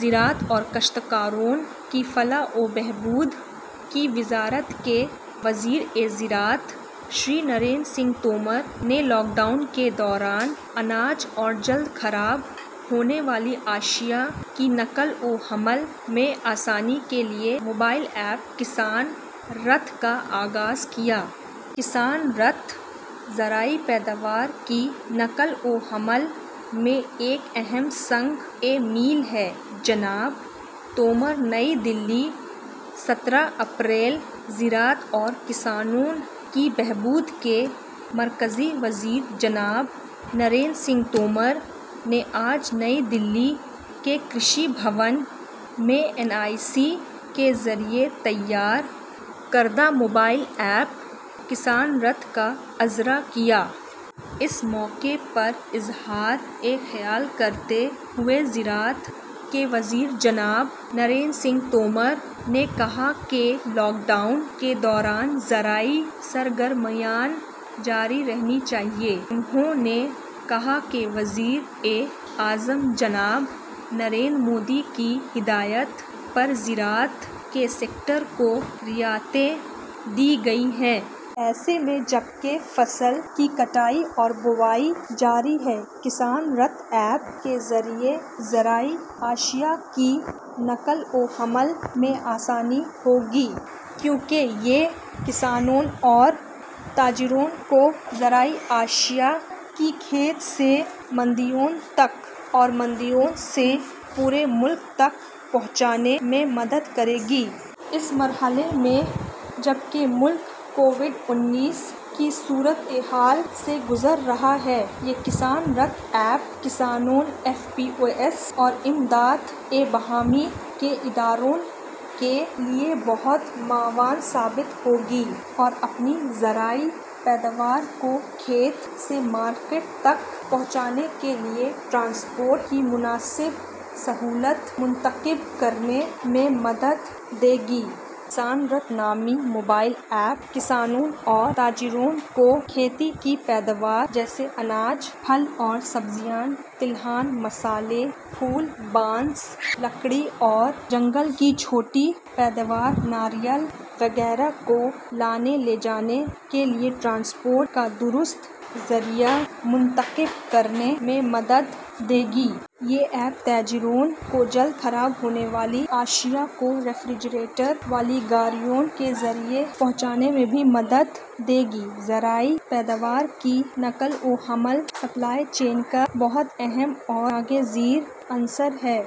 زراعت اور کاشتکاروں کی فلاح و بہبود کی وزارت وزیرِ زراعت شری نریندر سنگھ تومر نے لاک ڈاؤن کے دوران اناج اور جلد خراب ہونے والی اشیاء کی نقل و حمل میں آسانی کے لیے موبائل ایپ "کسان رَتھ" کا آغاز کیا۔ کسان رَتھ زرعی پیداوار کی نقل و حمل میں ایک اہم سنگِ میل ہے: جناب تومر۔ نئی دلّی، سترہ اپریل / زراعت اور کسانوں کی بہبود کے مرکزی وزیر جناب نریندر سنگھ تومر نے آج نئی دلّی کے کرشی بھون میں این آئی سی کے ذریعے تیار کردہ موبائل ایپ کسان رَتھ کا اجراء کیا۔ اس موقع پر اظہارِ خیال کرتے ہوئے زراعت کے وزیر جناب نریندر سنگھ تومر نے کہا کہ لاک ڈاؤن کے دوران زرعی سرگرمیاں جاری رہنی چاہئیں۔ انہوں نے کہا کہ وزیر اعظم جناب نریندر مودی کی ہدایت پر زراعت کے سیکٹر کو رعایتیں دی گئی ہیں۔ ایسے میں، جب کہ فصل کی کٹائی اور بوائی جاری ہے، کسان رَتھ ایپ کے ذریعے زرعی اشیاء کی نقل و حمل میں آسانی ہو گی کیونکہ یہ کسانوں اور تاجروں کو زرعی اشیاء کی کھیت سے منڈیوں تک اور منڈیوں سے پورے ملک تک پہنچانے میں مدد کرے گی۔ اس مرحلے میں، جب کہ ملک کووڈ – انیس کی صورت حال سے گزر رہا ہے، یہ کسان رَتھ ایپ کسانوں، ایف پی اوز اور امدادِ باہمی کے اداروں کے لیے بہت معاون ثابت ہو گی اور اپنی زرعی پیداوار کو کھیت سے مارکیٹ تک پہنچانے کے لیے ٹرانسپورٹ کی مناسب سہولت منتخب کرنے میں مدد دے گی۔ کسان رَتھ نامی موبائل ایپ، کسانوں اور تاجروں کو کھیتی کی پیداوار جیسے اناج، پھل اور سبزیاں، تلہن، مسالے، پھول، بانس، لکڑی اور جنگل کی چھوٹی پیداوار، ناریل وغیرہ کو لانے لے جانے کے لیے ٹرانسپورٹ کا درست ذریعہ منتخب کرنے میں مدد دے گی۔ یہ ایپ تاجروں کو جلد خراب ہونے والی اشیاء کو ریفریجریٹر والی گاڑیوں کے ذریعے پہنچانے میں بھی مدد دے گی۔ زرعی پیداوار کی نقل و حمل سپلائی چین کا بہت اہم اور ناگزیر عنصر ہے۔